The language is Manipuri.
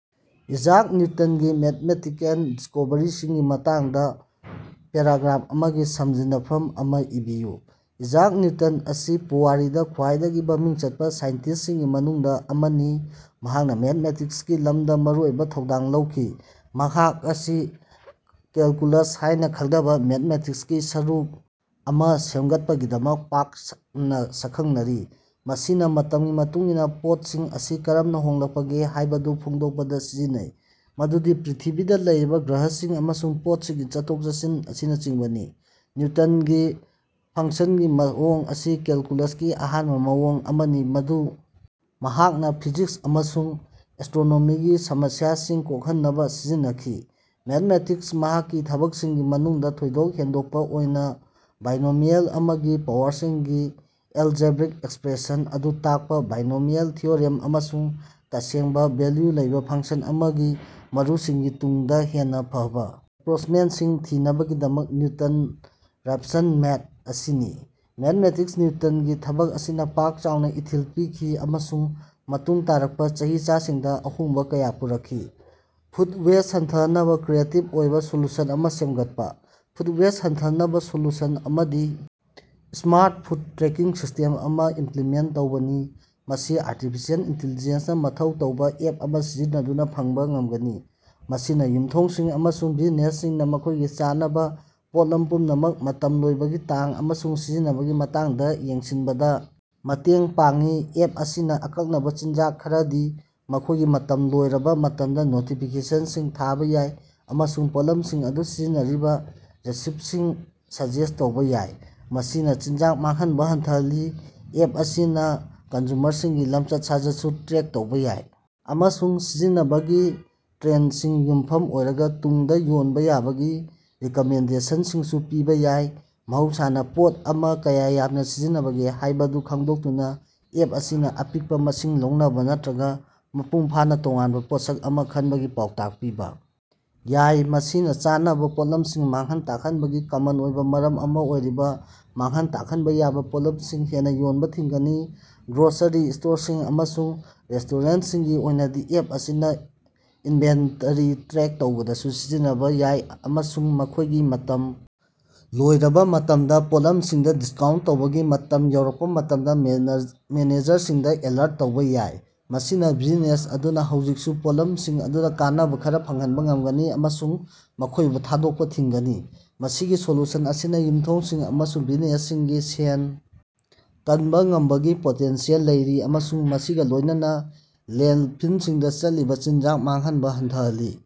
ꯏꯁꯥꯛ ꯅꯤꯎꯇꯟꯒꯤ ꯃꯦꯊꯃꯦꯇꯤꯀꯦꯜ ꯗꯤꯁꯀꯣꯚꯔꯤꯁꯤꯡꯒꯤ ꯃꯇꯥꯡꯗ ꯄꯦꯔꯥꯒ꯭ꯔꯥꯐ ꯑꯃꯒꯤ ꯁꯝꯖꯤꯟꯅꯐꯝ ꯑꯃ ꯏꯕꯤꯌꯨ꯫ ꯏꯁꯥꯛ ꯅꯤꯎꯇꯟ ꯑꯁꯤ ꯄꯨꯋꯥꯔꯤꯗ ꯈ꯭ꯋꯥꯏꯗꯒꯤ ꯃꯃꯤꯡ ꯆꯠꯄ ꯁꯥꯏꯟꯇꯤꯁꯁꯤꯡꯒꯤ ꯃꯅꯨꯡꯗ ꯑꯃꯅꯤ, ꯃꯍꯥꯛꯅ ꯃꯦꯊꯃꯦꯇꯤꯛꯁꯀꯤ ꯂꯝꯗ ꯃꯔꯨꯑꯣꯏꯕ ꯊꯧꯗꯥꯡ ꯂꯧꯈꯤ꯫ ꯃꯍꯥꯛ ꯑꯁꯤ ꯀꯦꯜꯀꯨꯂꯁ ꯍꯥꯏꯅ ꯈꯪꯅꯕ ꯃꯦꯊꯃꯦꯇꯤꯛꯁꯀꯤ ꯁꯔꯨꯛ ꯑꯃ ꯁꯦꯝꯒꯠꯄꯒꯤꯗꯃꯛ ꯄꯥꯛ ꯁꯟꯅ ꯁꯛꯈꯪꯅꯔꯤ, ꯃꯁꯤꯅ ꯃꯇꯝꯒꯤ ꯃꯇꯨꯡ ꯏꯟꯅ ꯄꯣꯠꯁꯤꯡ ꯑꯁꯤ ꯀꯔꯝꯅ ꯍꯣꯡꯂꯛꯄꯒꯦ ꯍꯥꯏꯕꯗꯨ ꯐꯣꯡꯗꯣꯛꯄꯗ ꯁꯤꯖꯤꯟꯅꯩ, ꯃꯗꯨꯗꯤ ꯄ꯭ꯔꯤꯊꯤꯕꯤꯗ ꯂꯩꯔꯤꯕ ꯒ꯭ꯔꯍꯁꯤꯡ ꯑꯃꯁꯨꯡ ꯄꯣꯠꯁꯤꯡꯒꯤ ꯆꯠꯊꯣꯛ-ꯆꯠꯁꯤꯟ ꯑꯁꯤꯅꯆꯤꯡꯕꯅꯤ꯫ ꯅꯤꯎꯇꯟꯒꯤ ꯐ꯭ꯂꯛꯁꯟꯒꯤ ꯃꯑꯣꯡ ꯑꯁꯤ ꯀꯦꯜꯀꯨꯂꯁꯀꯤ ꯑꯍꯥꯟꯕ ꯃꯑꯣꯡ ꯑꯃꯅꯤ ꯃꯗꯨ ꯃꯍꯥꯛꯅ ꯐꯤꯖꯤꯛꯁ ꯑꯃꯁꯨꯡ ꯑꯦꯁꯇ꯭ꯔꯣꯅꯣꯃꯤꯒꯤ ꯁꯃꯁ꯭ꯌꯥꯁꯤꯡ ꯀꯣꯛꯍꯟꯅꯕ ꯁꯤꯖꯤꯟꯅꯈꯤ꯫ ꯃꯦꯊꯃꯦꯇꯤꯛꯁꯇ ꯃꯍꯥꯛꯀꯤ ꯊꯕꯛꯁꯤꯡꯒꯤ ꯃꯅꯨꯡꯗ ꯊꯣꯏꯗꯣꯛ ꯍꯦꯟꯗꯣꯛꯄ ꯑꯣꯏꯅ ꯕꯥꯏꯅꯣꯃꯤꯑꯦꯜ ꯑꯃꯒꯤ ꯄꯥꯋꯔꯁꯤꯡꯒꯤ ꯑꯦꯜꯖꯦꯕ꯭ꯔꯤꯛ ꯑꯦꯛꯁꯄꯥꯟꯁꯟ ꯑꯗꯨ ꯇꯥꯛꯄ ꯕꯥꯏꯅꯣꯃꯤꯑꯦꯜ ꯊꯤꯑꯣꯔꯤꯝ ꯑꯃꯁꯨꯡ ꯇꯁꯦꯡꯕ ꯚꯦꯜꯌꯨ ꯂꯩꯕ ꯐꯪꯁꯟ ꯑꯃꯒꯤ ꯃꯔꯨꯁꯤꯡꯒꯤ ꯇꯨꯡꯗ ꯍꯦꯟꯅ ꯐꯕ ꯑꯦꯄ꯭ꯔꯣꯆꯃꯦꯟꯠꯁꯤꯡ ꯊꯤꯅꯕꯒꯤꯗꯃꯛ "ꯅꯤꯎꯇꯟ-ꯔꯥꯐꯁꯟ ꯃꯦꯊꯗ" ꯑꯁꯤꯅꯤ꯫ ꯃꯦꯊꯃꯦꯇꯤꯛꯁꯇ ꯅꯤꯎꯇꯟꯒꯤ ꯊꯕꯛ ꯑꯁꯤꯅ ꯄꯥꯛ ꯆꯥꯎꯅ ꯏꯊꯤꯜ ꯄꯤꯈꯤ ꯑꯃꯁꯨꯡ ꯃꯇꯨꯡ ꯇꯥꯔꯛꯄ ꯆꯍꯤꯆꯥꯁꯤꯡꯗ ꯑꯍꯣꯡꯕ ꯀꯌ ꯄꯨꯔꯛꯈꯤ꯫ ꯐꯨꯗ ꯋꯦꯁꯠ ꯍꯟꯊꯍꯟꯅꯕ ꯀ꯭ꯔꯤꯌꯦꯇꯤꯕ ꯑꯣꯏꯕ ꯁꯣꯂꯨꯁꯟ ꯑꯃ ꯁꯦꯝꯒꯠꯄ꯫ ꯐꯨꯗ ꯋꯦꯁꯠ ꯍꯟꯊꯍꯟꯅꯕ ꯁꯣꯂꯨꯁꯟ ꯑꯃꯗꯤ ꯁ꯭ꯃꯥꯔꯠ ꯐꯨꯗ ꯇ꯭ꯔꯦꯀꯤꯡ ꯁꯤꯁ꯭ꯇꯦꯝ ꯑꯃ ꯏꯝꯄ꯭ꯂꯤꯃꯦꯟꯠ ꯇꯧꯕꯅꯤ꯫ ꯃꯁꯤ ꯑꯥꯔꯇꯤꯐꯤꯁꯦꯜ ꯏꯟꯇꯤꯂꯤꯖꯦꯟꯠ ꯅ ꯃꯊꯧ ꯇꯧꯕ ꯑꯦꯞ ꯑꯃ ꯁꯤꯖꯤꯟꯅꯗꯨꯅ ꯐꯪꯕ ꯉꯝꯒꯅꯤ, ꯃꯁꯤꯅ ꯌꯨꯝꯊꯣꯡꯁꯤꯡ ꯑꯃꯁꯨꯡ ꯕꯤꯖꯤꯅꯦꯁꯁꯤꯡꯅ ꯃꯈꯣꯏꯒꯤ ꯆꯥꯅꯕ ꯄꯣꯠꯂꯝ ꯄꯨꯝꯅꯃꯛ, ꯃꯇꯝ ꯂꯣꯏꯕꯒꯤ ꯇꯥꯡ, ꯑꯃꯁꯨꯡ ꯁꯤꯖꯤꯟꯅꯕꯒꯤ ꯃꯇꯥꯡꯗ ꯌꯦꯡꯁꯤꯟꯕꯗ ꯃꯇꯦꯡ ꯄꯥꯡꯏ꯫ ꯑꯦꯞ ꯑꯁꯤꯅ ꯑꯀꯛꯅꯕ ꯆꯤꯟꯖꯥꯛ ꯈꯔꯗꯤ ꯃꯈꯣꯏꯒꯤ ꯃꯇꯝ ꯂꯣꯏꯔꯕ ꯃꯇꯝꯗ ꯅꯣꯇꯤꯐꯤꯀꯦꯁꯟꯁꯤꯡ ꯊꯥꯕ ꯌꯥꯏ ꯑꯃꯁꯨꯡ ꯄꯣꯠꯂꯝꯁꯤꯡ ꯑꯗꯨ ꯁꯤꯖꯤꯟꯅꯔꯤꯕ ꯔꯦꯁꯤꯄꯤꯁꯤꯡ ꯁꯖꯦꯁꯠ ꯇꯧꯕ ꯌꯥꯏ, ꯃꯁꯤꯅ ꯆꯤꯟꯖꯥꯛ ꯃꯥꯡꯍꯟꯕ ꯍꯟꯊꯍꯜꯂꯤ꯫ ꯑꯦꯞ ꯑꯁꯤꯅ ꯀꯟꯖꯨꯃꯔꯁꯤꯡꯒꯤ ꯂꯃꯆꯠ-ꯁꯥꯖꯠꯁꯨ ꯇ꯭ꯔꯦꯛ ꯇꯧꯕ ꯌꯥꯏ ꯑꯃꯁꯨꯡ ꯁꯤꯖꯤꯟꯅꯕꯒꯤ ꯇ꯭ꯔꯦꯟꯗꯁꯤꯡꯗ ꯌꯨꯝꯐꯝ ꯑꯣꯏꯔꯒ ꯇꯨꯡꯗ ꯌꯣꯟꯕ ꯌꯥꯕꯒꯤ ꯔꯤꯀꯃꯦꯟꯗꯦꯁꯟꯁꯤꯡꯁꯨ ꯄꯤꯕ ꯌꯥꯏ꯫ ꯃꯍꯧꯁꯥꯅ ꯄꯣꯠ ꯑꯃ ꯀꯌꯥ ꯌꯥꯝꯅ ꯁꯤꯖꯤꯟꯅꯕꯒꯦ ꯍꯥꯏꯕꯗꯨ ꯈꯪꯗꯣꯛꯇꯨꯅ ꯑꯦꯞ ꯑꯁꯤꯅ ꯑꯄꯤꯛꯄ ꯃꯁꯤꯡ ꯂꯧꯅꯕ ꯅꯠꯇ꯭ꯔꯒ ꯃꯄꯨꯡ ꯐꯥꯅ ꯇꯣꯉꯥꯟꯕ ꯄꯣꯠꯁꯛ ꯑꯃ ꯈꯟꯕꯒꯤ ꯄꯥꯎꯇꯥꯛ ꯄꯤꯕ ꯌꯥꯏ꯫ ꯃꯁꯤꯅ ꯆꯥꯅꯕ ꯄꯣꯠꯂꯝꯁꯤꯡ ꯃꯥꯡꯍꯟ ꯇꯥꯛꯍꯟꯕꯒꯤ ꯀꯃꯟ ꯑꯣꯏꯕ ꯃꯔꯝ ꯑꯃ ꯑꯣꯏꯔꯤꯕ ꯃꯥꯡꯍꯟ ꯇꯥꯛꯍꯟꯕ ꯌꯥꯕ ꯄꯣꯠꯂꯝꯁꯤꯡ ꯍꯦꯟꯅ ꯌꯣꯟꯕ ꯊꯤꯡꯒꯅꯤ꯫ ꯒ꯭ꯔꯣꯁꯔꯤ ꯁ꯭ꯇꯣꯔꯁꯤꯡ ꯑꯃꯁꯨꯡ ꯔꯦꯁꯇꯣꯔꯦꯟꯠꯁꯤꯡꯒꯤ ꯑꯣꯏꯅꯗꯤ, ꯑꯦꯞ ꯑꯁꯤꯅ ꯏꯟꯚꯦꯟꯇꯔꯤ ꯇ꯭ꯔꯦꯛ ꯇꯧꯕꯗꯁꯨ ꯁꯤꯖꯤꯟꯅꯕ ꯌꯥꯏ ꯑꯃꯁꯨꯡ ꯃꯈꯣꯏꯒꯤ ꯃꯇꯝ ꯂꯣꯏꯔꯕ ꯃꯇꯝꯗ ꯄꯣꯠꯂꯝꯁꯤꯡꯗ ꯗꯤꯁꯀꯥꯎꯟꯠ ꯇꯧꯕꯒꯤ ꯃꯇꯝ ꯌꯧꯔꯛꯄ ꯃꯇꯝꯗ ꯃꯦꯅꯦꯖꯔꯁꯤꯡꯗ ꯑꯦꯂꯔꯠ ꯇꯧꯕ ꯌꯥꯏ꯫ ꯃꯁꯤꯅ ꯕꯤꯖꯤꯅꯦꯁ ꯑꯗꯨꯅ ꯍꯧꯖꯤꯀꯛꯁꯨ ꯄꯣꯠꯂꯝꯁꯤꯡ ꯑꯗꯨꯗ ꯀꯥꯟꯅꯕ ꯈꯔ ꯐꯪꯍꯟꯕ ꯉꯝꯒꯅꯤ ꯑꯃꯁꯨꯡ ꯃꯈꯣꯏꯕꯨ ꯊꯥꯗꯣꯛꯄ ꯊꯤꯡꯒꯅꯤ꯫ ꯃꯁꯤꯒꯤ ꯁꯣꯂꯨꯁꯟ ꯑꯁꯤꯅ ꯌꯨꯝꯊꯣꯡꯁꯤꯡ ꯑꯃꯁꯨꯡ ꯕꯤꯖꯤꯅꯦꯁꯁꯤꯡꯒꯤ ꯁꯦꯟ ꯀꯟꯕ ꯉꯝꯕꯒꯤ ꯄꯣꯇꯦꯟꯁꯤꯌꯦꯜ ꯂꯩꯔꯤ ꯑꯃꯁꯨꯡ ꯃꯁꯤꯒ ꯂꯣꯏꯅꯅ ꯂꯦꯟꯐꯤꯜꯁꯤꯡꯗ ꯆꯠꯂꯤꯕ ꯆꯤꯟꯖꯥꯛ ꯃꯥꯡꯍꯟꯕ ꯍꯟꯊꯍꯜꯂꯤ꯫